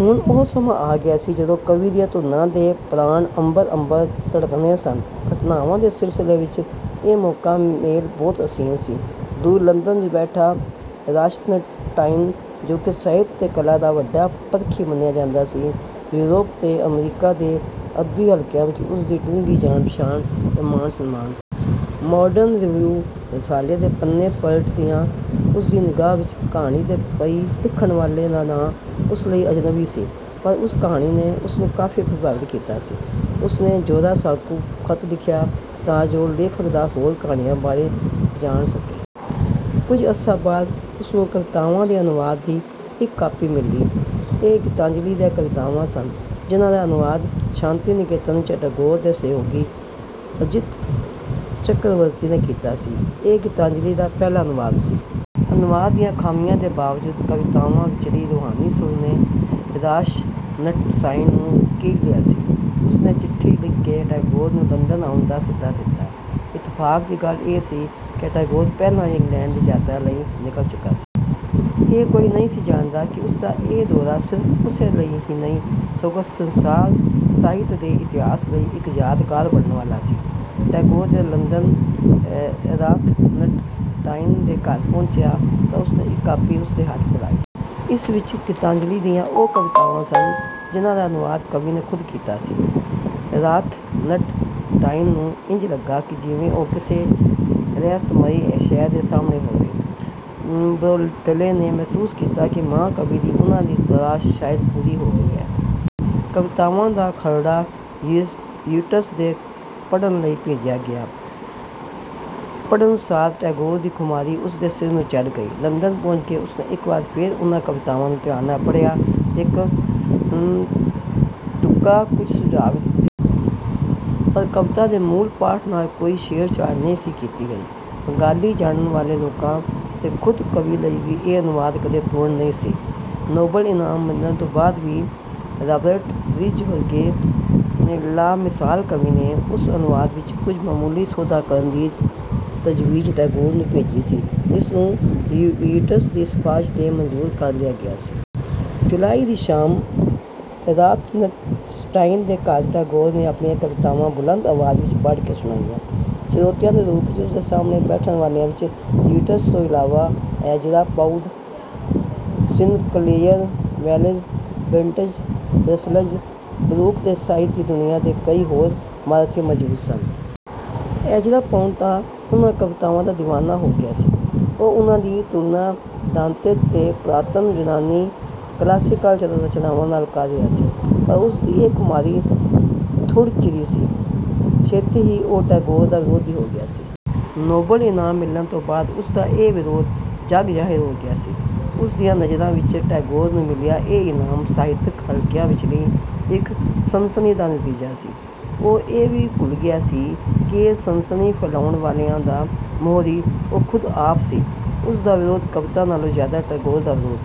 ਹੁਣ ਉਹ ਸਮਾਂ ਆਗਿਆ ਸੀ ਜਦੋਂ ਕਵੀ ਦੀਆਂ ਧੁਨਾਂ ਦੇ ਪ੍ਰਾਣ ਅੰਬਰ-ਅੰਬਰ ਧੜਕਨੇ ਸਨ। ਘਟਨਾਵਾਂ ਦੇ ਸਿਲਸਿਲੇ ਵਿੱਚ ਇਹ ਮੌਕਾ-ਮੇਲ ਬਹੁਤ ਹਸੀਨ ਸੀ। ਦੂਰ ਲੰਦਨ ਵਿੱਚ ਬੈਠਾ ਰਾਥਨਸਟਾਈਨ, ਜੋ ਕਿ ਸਾਹਿਤ ਤੇ ਕਲਾ ਦਾ ਵੱਡਾ ਪਰਖੀ ਮੰਨਿਆ ਜਾਂਦਾ ਸੀ, ਯੂਰੋਪ ਤੇ ਅਮਰੀਕਾ ਦੇ ਅਦਬੀ ਹਲਕਿਆਂ ਵਿੱਚ ਉਸਦੀ ਡੂੰਘੀ ਜਾਣ-ਪਛਾਣ ਤੇ ਮਾਣ-ਸਨਮਾਨ ਸੀ। "ਮਾਡਰਨ ਰਿਵੀਉ" ਰਸਾਲੇ ਦੇ ਪੰਨੇ ਪਲਟ ਦਿਆਂ ਉਸਦੀ ਨਿਗਾਹ ਵਿਚ ਕਹਾਣੀ 'ਤੇ ਪਈ, ਲਿਖਣ ਵਾਲੇ ਦਾ ਨਾਂ ਉਸ ਲਈ ਅਜਨਬੀ ਸੀ ਪਰ ਉਸ ਕਹਾਣੀ ਨੇ ਉਸਨੂੰ ਕਾਫ਼ੀ ਪ੍ਰਭਾਵਿਤ ਕੀਤਾ ਸੀ। ਉਸਨੇ ਜੋਰਾਸਾਂਕੂ ਖਤ ਲਿਖਿਆ ਤਾਂ ਜੋ ਲੇਖਕ ਦਾ ਹੋਰ ਕਹਾਣੀਆਂ ਬਾਰੇ ਜਾਣ ਸਕੇ। ਕੁਝ ਅਰਸਾ ਬਾਦ ਉਸਨੂੰ ਕਵਿਤਾਵਾਂ ਦੇ ਅਨੁਵਾਦ ਦੀ ਇੱਕ ਕਾਪੀ ਮਿਲੀ, ਇਹ ਗੀਤਾਂਜਲੀ ਦੀਆਂ ਕਵਿਤਾਵਾਂ ਸਨ ਜਿਨ੍ਹਾ ਦਾ ਅਨੁਵਾਦ ਸ਼ਾਂਤੀ-ਨਿਕੇਤਨ ਵਿੱਚ ਟੈਗੋਰ ਦੇ ਸਹਿਯੋਗੀ ਅਜਿਤ ਚਕਰਵਰਤੀ ਨੇ ਕੀਤਾ ਸੀ, ਇਹ ਗੀਤਾਂਜਲੀ ਦਾ ਪਹਿਲਾ ਅਨੁਵਾਦ ਸੀ। ਅਨੁਵਾਦ ਦੀਆਂ ਖਾਮੀਆਂ ਦੇ ਬਾਵਜੂਦ ਕਵਿਤਾਵਾਂ ਵਿੱਚਲੀ ਰੂਹਾਨੀ ਸੁਰ ਨੇ ਰਾਥਨਸਟਾਈਨ ਨੂੰ ਕੀਲ ਲਿਆ ਸੀ। ਉਸਨੇ ਚਿੱਠੀ ਲਿਖ ਕੇ ਟੈਗੋਰ ਨੂੰ ਲੰਦਨ ਆਉਣ ਦਾ ਸੱਦਾ ਦਿਤਾ। ਇੱਤਫ਼ਾਕ ਦੀ ਗੱਲ ਇਹ ਸੀ ਕਿ ਟੈਗੋਰ ਪਹਿਲਾਂ ਹੀ ਇੰਗਲੈਂਡ ਦੀ ਯਾਤਰਾ ਲਈ ਨਿਕਲ ਚੁੱਕਾ ਸੀ। ਇਹ ਕੋਈ ਨਹੀਂ ਸੀ ਜਾਣਦਾ ਕਿ ਉਸਦਾ ਇਹ ਦੌਰਾ ਸਿਰਫ਼ ਉਸੇ ਲਈ ਹੀ ਨਹੀਂ ਸਗੋਂ ਸੰਸਾਰ ਸਾਹਿਤ ਦੇ ਇਤਿਹਾਸ ਲਈ ਇੱਕ ਯਾਦਗਾਰ ਬਣਨ ਵਾਲਾ ਸੀ। ਟੈਗੋਰ ਜਦ ਲੰਦਨ ਰਾਥਨਸਟਾਈਨ ਦੇ ਘਰ ਪਹੁੰਚਿਆ ਤਾਂ ਉਸਨੇ ਇੱਕ ਕਾਪੀ ਉਸਦੇ ਹੱਥ ਫ਼ੜਾਈ। ਇਸ ਵਿੱਚ ਗੀਤਾਂਜਲੀ ਦੀਆਂ ਉਹ ਕਵਿਤਾਵਾਂ ਸਨ ਜਿਨ੍ਹਾ ਦਾ ਅਨੁਵਾਦ ਕਵੀ ਨੇ ਖੁਦ ਕੀਤਾ ਸੀ। ਰਾਥਨਸਟਾਈਨ ਨੂੰ ਇੰਜ ਲੱਗਾ ਕਿ ਜਿਵੇਂ ਉਹ ਕਿਸੇ ਰਹਸਮਈ ਸ਼ੈਅ ਦੇ ਸਾਹਮਣੇ ਹੋਵੇ। ਬ੍ਰੈਡਲੇ ਨੇ ਮਹਿਸੂਸ ਕੀਤਾ ਕਿ ਮਹਾਕਵੀ ਦੀ ਉਨ੍ਹਾ ਦੀ ਤਲਾਸ਼ ਸ਼ਾਇਦ ਪੂਰੀ ਹੋ ਗਈ ਹੈ। ਕਵਿਤਾਵਾਂ ਦਾ ਖਰੜਾ ਯੀਟਸ ਦੇ ਪੜਣ ਲਈ ਭੇਜਿਆ ਗਿਆ। ਪੜਣਸਾਰ ਟੈਗੋਰ ਦੀ ਖੁਮਾਰੀ ਉਸਦੇ ਸਿਰ ਨੂੰ ਚੜ ਗਈ। ਲੰਦਨ ਪਹੁੰਚ ਕੇ ਉਸਨੇ ਇੱਕ ਵਾਰ ਫੇਰ ਉਨ੍ਹਾ ਕਵਿਤਾਵਾਂ ਨੂੰ ਧਿਆਨ ਨਾਲ ਪੜਿਆ ਤੇ ਇੱਕ-ਦੁੱਕਾ ਕੁਝ ਸੁਝਾ ਵੀ ਦਿੱਤੇ। ਪਰ ਕਵਿਤਾ ਦੇ ਮੂਲ ਪਾਠ ਨਾਲ ਕੋਈ ਛੇੜ-ਛਾੜ ਨਹੀਂ ਸੀ ਕੀਤੀ ਗਈ। ਬੰਗਾਲੀ ਜਾਣਨ ਵਾਲੇ ਲੋਕਾਂ ਤੇ ਖੁਦ ਕਵੀ ਲਈ ਵੀ ਇਹ ਅਨੁਵਾਦ ਕਦੇ ਪੂਰਣ ਨਹੀਂ ਸੀ। ਨੋਬਲ ਇਨਾਮ ਮਿਲਣ ਤੋਂ ਬਾਦ ਵੀ ਰਾਬਰਟ ਬ੍ਰਿਜ ਵਰਗੇ ਲਾਮਿਸਾਲ ਕਵੀ ਨੇ ਉਸ ਅਨੁਵਾਦ ਵਿੱਚ ਕੁਝ ਮਾਮੂਲੀ ਸੋਧਾਂ ਕਰਨ ਦੀ ਤਜਵੀਜ ਟੈਗੋਰ ਨੂੰ ਭੇਜੀ ਸੀ, ਜਿਸਨੂੰ ਯੀਟਸ ਦੀ ਸਿਫ਼ਾਰਸ਼ 'ਤੇ ਮੰਜ਼ੂਰ ਕਰ ਲਿਆ ਗਿਆ ਸੀ। ਜੁਲਾਈ ਦੀ ਸ਼ਾਮ ਰਾਥਨਸਟਾਈਨ ਦੇ ਘਰ ਟੈਗੋਰ ਨੇ ਆਪਣੀਆਂ ਕਵਿਤਾਵਾਂ ਬੁਲੰਦ ਆਵਾਜ਼ ਵਿੱਚ ਪੜ ਕੇ ਸੁਣਾਈਆਂ। ਸ਼ਰੋਤਿਆਂ ਦੇ ਰੂਪ ਵਿੱਚ ਉਸਦੇ ਸਾਹਮਣੇ ਬੈਠਣ ਵਾਲਿਆਂ ਵਿੱਚ ਯੀਟਸ ਤੋਂ ਇਲਾਵਾ, Ezra Pound, Sinclair, Wells, Bertrand Russells, Brooke ਤੇ ਸਾਹਿਤ ਦੀ ਦੁਨੀਆ ਦੇ ਕਈ ਹੋਰ ਮਹਾਰਥੀ ਮੌਜੂਦ ਸਨ। ਐਜ਼ਰਾ ਪਾਉਂਡ ਤਾਂ ਉਨ੍ਹਾ ਕਵਿਤਾਵਾਂ ਦਾ ਦੀਵਾਨਾ ਹੋ ਗਿਆ ਸੀ। ਉਹ ਉਨ੍ਹਾ ਦੀ ਤੁਲਨਾ ਦਾਂਤੇ ਤੇ ਪੁਰਾਤਨ ਯੂਨਾਨੀ ਕਲਾਸੀਕਲ ਰਚਨਾਵਾਂ ਨਾਲ ਕਰ ਰਿਹਾ ਸੀ। ਪਰ ਉਸਦੀ ਇਹ ਖੁਮਾਰੀ ਥੁੜ ਚਿਰੀ ਸੀ, ਛੇਤੀ ਹੀ ਉਹ ਟੈਗੋਰ ਦਾ ਵਿਰੋਧੀ ਹੋ ਗਿਆ ਸੀ। ਨੋਬਲ ਈਨਾਮ ਮਿਲਣ ਤੋਂ ਬਾਦ ਉਸਦਾ ਇਹ ਵਿਰੋਧ ਜਗ ਜ਼ਾਹਿਰ ਹੋ ਗਿਆ ਸੀ। ਉਸ ਦੀਆਂ ਨਜ਼ਰਾਂ ਵਿੱਚ ਟੈਗੋਰ ਨੂੰ ਮਿਲਿਆ ਇਹ ਈਨਾਮ ਸਾਹਿਤਕ ਹਲਕਿਆਂ ਵਿਚਲੀ ਇੱਕ ਸਨਸਨੀ ਦਾ ਨਤੀਜਾ ਸੀ। ਉਹ ਇਹ ਵੀ ਭੁੱਲ ਗਿਆ ਸੀ ਕਿ ਇਹ ਸਨਸਨੀ ਫੈਲਾਉਣ ਵਾਲਿਆਂ ਦਾ ਮੋਹਰੀ ਉਹ ਖੁਦ ਆਪ ਸੀ। ਉਸਦਾ ਵਿਰੋਧ ਕਵਿਤਾ ਨਾਲੋਂ ਜ਼ਿਆਦਾ ਟੈਗੋਰ ਦਾ ਵਿਰੋਧ ਸੀ।